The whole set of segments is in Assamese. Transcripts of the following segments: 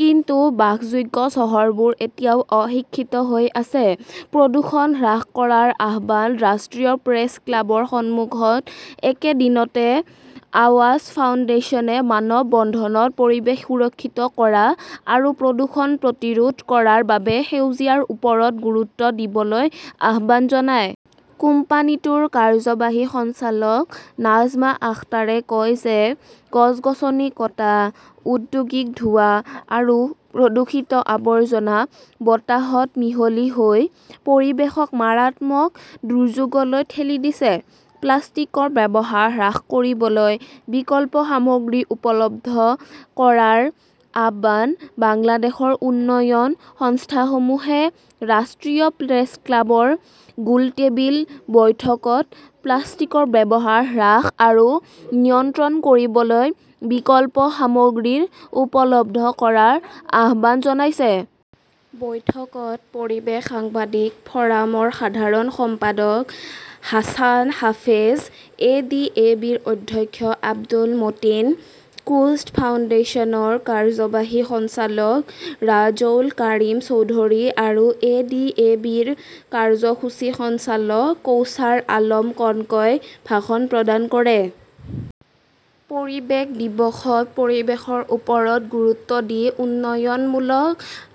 কিন্তু বাসযোগ্য চহৰবোৰ এতিয়াও অক্ষত হৈ আছে। প্ৰদূষণ হ্ৰাস কৰাৰ আহ্বান ৰাষ্ট্ৰীয় প্ৰেছ ক্লাবৰ সন্মুখত একে দিনতে আৱাজ ফাউণ্ডেচনে মানৱ বন্ধনত পৰিৱেশ সুৰক্ষিত কৰা আৰু প্ৰদূষণ প্ৰতিৰোধ কৰাৰ বাবে সেউজীয়াৰ ওপৰত গুৰুত্ব দিবলৈ আহ্বান জনায়। কোম্পানীটোৰ কাৰ্যবাহী সঞ্চালক নাজমা আখতাৰে কয় যে গছ-গছনি কটা, ঔদ্যোগিক ধোঁৱা আৰু প্ৰদূষিত আৱৰ্জনা বতাহত মিহলি হৈ পৰিৱেশক মাৰাত্মক দুৰ্যোগলৈ ঠেলি দিছে। প্লাষ্টিকৰ ব্যৱহাৰ হ্ৰাস কৰিবলৈ বিকল্প সামগ্ৰী উপলব্ধ কৰাৰ আহ্বান বাংলাদেশৰ উন্নয়ন সংস্থাসমূহে ৰাষ্ট্ৰীয় প্ৰেছ ক্লাবৰ গোলটেবিল বৈঠকত প্লাষ্টিকৰ ব্যৱহাৰ হ্ৰাস আৰু নিয়ন্ত্ৰণ কৰিবলৈ বিকল্প সামগ্ৰী উপলব্ধ কৰাৰ আহ্বান জনাইছে। বৈঠকত পৰিৱেশ সাংবাদিক ফ "ৰামৰ সাধাৰণ সম্পাদক Hasan Hafez, A. D. A. B. -ৰ অধ্যক্ষ আব্দুল মতিন, কোষ্ট ফাউণ্ডেশ্যনৰ কাৰ্যবাহী সঞ্চালক ৰাজৌল কাৰিম চৌধুৰী আৰু এ. ডি. এ. বি. -ৰ কাৰ্যসূচী সঞ্চালক কৌচাৰ আলম কনকই ভাষণ প্ৰদান কৰে। পৰিৱেশ দিৱসত পৰিৱেশৰ ওপৰত গুৰুত্ব দি উন্নয়নমূলক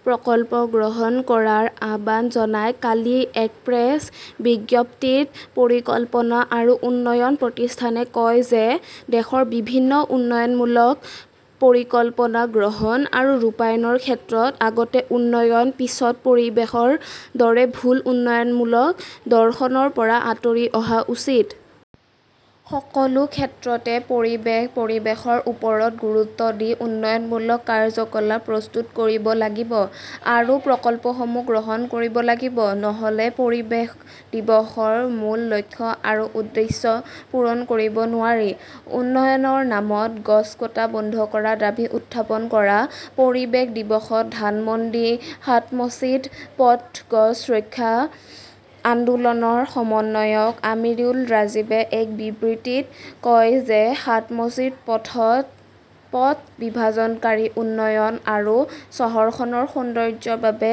প্ৰকল্প গ্ৰহণ কৰাৰ আহ্বান জনাই কালি এক প্ৰেছ বিজ্ঞপ্তিত পৰিকল্পনা আৰু উন্নয়ন প্ৰতিষ্ঠানে কয় যে দেশৰ বিভিন্ন উন্নয়নমূলক পৰিকল্পনা গ্ৰহণ আৰু ৰূপায়ণৰ ক্ষেত্ৰত 'আগতে উন্নয়ন, পিছত পৰিৱেশ "ৰ দৰে ভুল উন্নয়নমূলক দৰ্শনৰ পৰা আঁতৰি অহা উচিত। সকলো ক্ষেত্ৰতে পৰিৱেশ-পৰিৱেশৰ ওপৰত গুৰুত্ব দি উন্নয়নমূলক কাৰ্যকলাপ প্ৰস্তুত কৰিব লাগিব আৰু প্ৰকল্পসমূহ গ্ৰহণ কৰিব লাগিব। নহ "লে পৰিৱেশ দিৱসৰ মূল লক্ষ্য আৰু উদ্দেশ্য পূৰণ কৰিব নোৱাৰি। উন্নয়নৰ নামত গছ কটা বন্ধ কৰাৰ দাবী উত্থাপন কৰা পৰিৱেশ দিৱসত ধানমণ্ডী সাতমছিদ পথ গছ ৰক্ষা আন্দোলনৰ সমন্বয়ক আমিৰুল ৰাজীবে এক বিবৃতিত কয় যে সাতমছিদ পথত পথ বিভাজনকাৰী উন্নয়ন আৰু চহৰখনৰ সৌন্দৰ্য্যৰ বাবে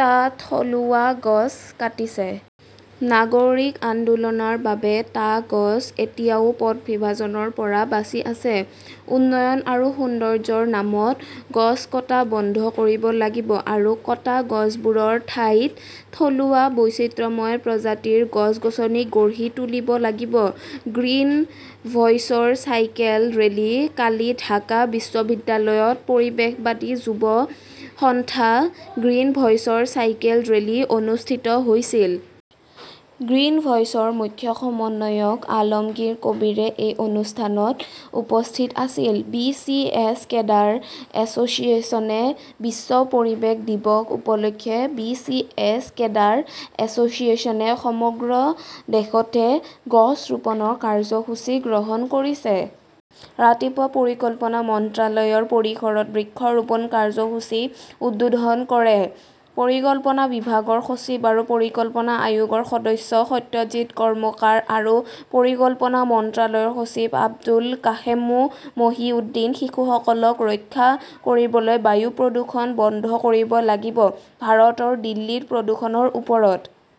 টা থলুৱা গছ কাটিছে। নাগৰিক আন্দোলনৰ বাবে টা গছ এতিয়াও পথ বিভাজনৰ পৰা বাচি আছে। উন্নয়ন আৰু সৌন্দৰ্য্যৰ নামত গছ কটা বন্ধ কৰিব লাগিব আৰু কটা গছবোৰৰ ঠাইত থলুৱা বৈচিত্ৰ্যময় প্ৰজাতিৰ গছ-গছনি গঢ়ি তুলিব লাগিব। গ্ৰীণ ভইচৰ চাইকেল ৰেলী কালি ঢাকা বিশ্ববিদ্যালয়ত পৰিৱেশবাদী যুৱ সংস্থা গ্ৰীণ ভইচৰ চাইকেল ৰেলী অনুষ্ঠিত হৈছিল। গ্ৰীণ ভইচৰ মুখ্য সমন্বয়ক আলমগীৰ কবীৰে এই অনুষ্ঠানত উপস্থিত আছিল। বি. চি. এছ. কেডাৰ এছ "চিয়েশ্যনে বিশ্ব পৰিৱেশ দিৱস উপলক্ষে বি. চি. এছ. কেডাৰ এছ" চিয়েশ্যনে সমগ্ৰ দেশতে গছ ৰোপণৰ কাৰ্যসূচী গ্ৰহণ কৰিছে। ৰাতিপুৱা পৰিকল্পনা মন্ত্ৰালয়ৰ পৰিসৰত বৃক্ষ ৰোপণ কাৰ্যসূচী উদ্বোধন কৰে পৰিকল্পনা বিভাগৰ সচিব আৰু পৰিকল্পনা আয়োগৰ সদস্য সত্যজিৎ কৰ্মকাৰ আৰু পৰিকল্পনা মন্ত্ৰালয়ৰ সচিব আবুল কাশেম মো. মহিউদ্দিন। শিশুসকলক ৰক্ষা কৰিবলৈ বায়ু প্ৰদূষণ বন্ধ কৰিব লাগিব " ভাৰতৰ দিল্লীৰ প্ৰদূষণৰ ওপৰত